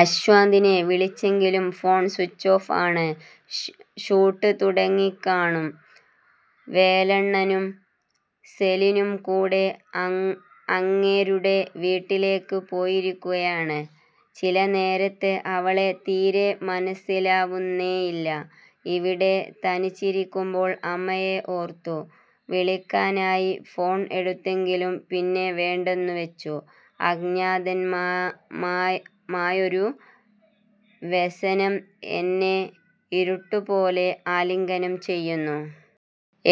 അശ്വന്തിനെ വിളിച്ചെങ്കിലും phone switch off ആണ്. Shoot തുടങ്ങിക്കാണും. വേലണ്ണനും സെലിനും കൂടെ അങ്ങേരുടെ വീട്ടിലേക്ക് പോയിരിക്കുകയാണ്. ചില നേരത്ത് അവളെ തീരെ മനസിലാവുന്നേയില്ല. ഇവിടെ തനിച്ചിരിക്കുമ്പോൾ അമ്മയെ ഓർത്തു. വിളിക്കാനായി ഫോൺ എടുത്തെങ്കിലും പിന്നെ വേണ്ടെന്നു വെച്ചു. അജ്ഞാതമായൊരു വ്യസനം എന്നെ ഇരുട്ടുപോലെ ആലിംഗനം ചെയ്യുന്നു.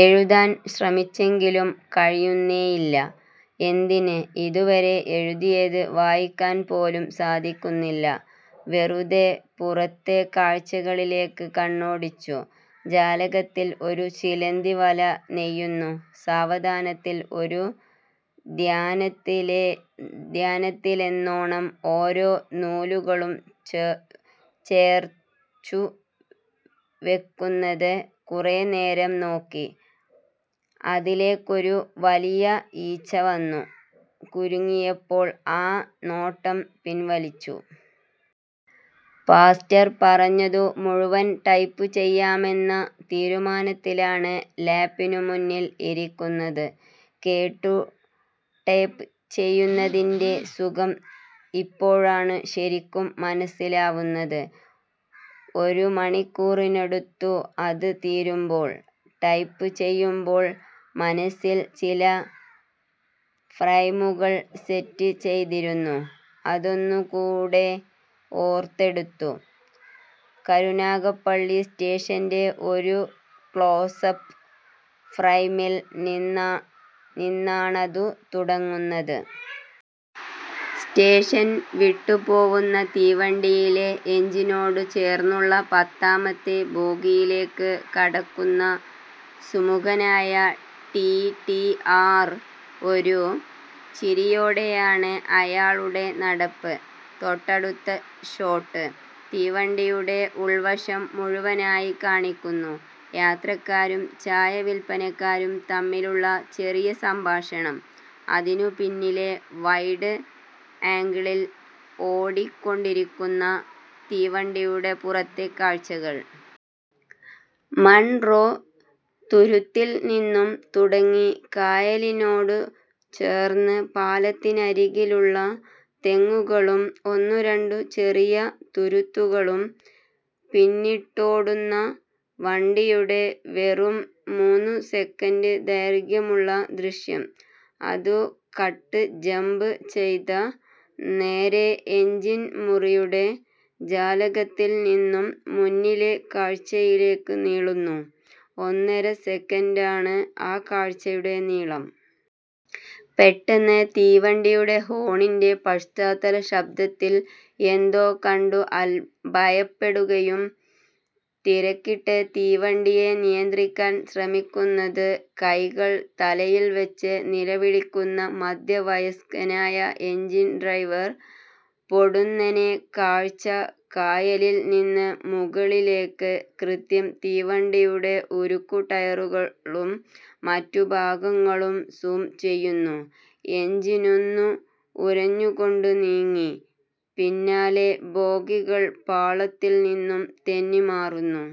എഴുതാൻ ശ്രമിച്ചെങ്കിലും കഴിയുന്നേയില്ല. എന്തിന്, ഇതുവരെ എഴുതിയത് വായിക്കാൻ പോലും സാധിക്കുന്നില്ല. വെറുതെ പുറത്തെ കാഴ്ചകളിലേക്ക് കണ്ണോടിച്ചു. ജാലകത്തിൽ ഒരു ചിലന്തി വല നെയ്യുന്നു. സാവധാനത്തിൽ, ഒരു ധ്യാനത്തിലെന്നോണം ഓരോ നൂലുകളും ചേർച്ചു വെക്കുന്നത് കുറേനേരം നോക്കി. അതിലേക്കൊരു വലിയ ഈച്ച വന്നു കുരുങ്ങിയപ്പോൾ ആ നോട്ടം പിൻവലിച്ചു. പാസ്റ്റർ പറഞ്ഞതു മുഴുവൻ ടെപ്പ് ചെയ്യാമെന്ന തീരുമാനത്തിലാണ് ലാപിനു മുന്നിൽ ഇരിക്കുന്നത്. കേട്ടു ടെപ്പ് ചെയ്യുന്നതിന്റെ സുഖം ഇപ്പോഴാണ് ശരിക്കും മനസിലാവുന്നത്. ഒരുമണിക്കൂറെടുത്തു അത് തീരുമ്പോൾ. ടൈപ്പ് ചെയ്യുമ്പോൾ മനസിൽ ചില ഫ്രൈമുകൾ സെറ്റ് ചെയ്തിരുന്നു. അതൊന്നുകൂടെ ഓർത്തെടുത്തു; കരുനാഗപ്പള്ളി സ്റ്റേഷന്റെ ഒരു ക്ലോസപ്പ് ഫ്രൈമിൽ നിന്നാണതു തുടങ്ങുന്നത്. സ്റ്റേഷൻ വിട്ടുപോവുന്ന തീവണ്ടിയിലെ എഞ്ചിനോടു ചേർന്നുള്ള പത്താമത്തെ ബോഗിയിലേക്ക് കടക്കുന്ന സുമുഖനായ ടീടി ആർ. ഒരു ചിരിയോടെയാണ് അയാളുടെ നടപ്പ്. തൊട്ടടുത്ത ഷോട്ട്, തീവണ്ടിയുടെ ഉൾവശം മുഴുവനായി കാണിക്കുന്നു. യാത്രക്കാരും ചായ വിൽപ്പനക്കാരും തമ്മിലുള്ള ചെറിയ സംഭാഷണം. അതിനു പിന്നാലെ വൈഡ് ആംഗിളിൽ ഓടിക്കൊണ്ടിരിക്കുന്ന തീവണ്ടിയുടെ പുറത്തെ കാഴ്ചകൾ. മൺറോ തുരുത്തിൽ നിന്നും തുടങ്ങി കായലിനോടു ചേർന്ന്, പാലത്തിനരികിലുള്ള തെങ്ങുകളും ഒന്നുരണ്ടു ചെറിയ തുരുത്തുകളും പിന്നിട്ടോടുന്ന വണ്ടിയുടെ വെറും മൂന്നുസെക്കന്റ് ദൈർഖ്യമുള്ള ദൃശ്യം. അത് കട്ട്ജംബ് ചെയ്ത നേരെ എഞ്ചിൻ മുറിയുടെ ജാലകത്തിൽ നിന്നും മുന്നിലെ കാഴ്ചയിലേക്ക് നീളുന്നു… ഒന്നര സെക്കന്റാണ് ആ കാഴ്ച്ചയുടെ നീളം. പെട്ടന്ന് തീവണ്ടിയുടെ ഹോണിന്റെ പാശ്ചാത്തല ശബ്ദത്തിൽ എന്തോ കണ്ടു ഭയപ്പെടുകയും തിരക്കിട്ട് തീവണ്ടിയെ നിയന്ത്രിക്കാൻ ശ്രമിക്കുന്നത്. കൈകൾ തലയിൽവെച്ച് നിലവിളിക്കുന്ന മധ്യവയസ്കനായ എഞ്ചിൻ ഡ്രൈവർ. പൊടുന്നനെ കാഴ്ച കായലിൽ നിന്നും മുകളിലേക്ക്, കൃത്യം തീവണ്ടിയുടെ ഉരുക്ക് ടയറുകളും മറ്റുഭാഗങ്ങളും സൂം ചെയ്യുന്നു. എഞ്ചിനൊന്നു ഉരഞ്ഞുകൊണ്ട് നീങ്ങി, പിന്നാലെ ബോഗികൾ പാളത്തിൽ നിന്നും തെന്നി മാറുന്നു.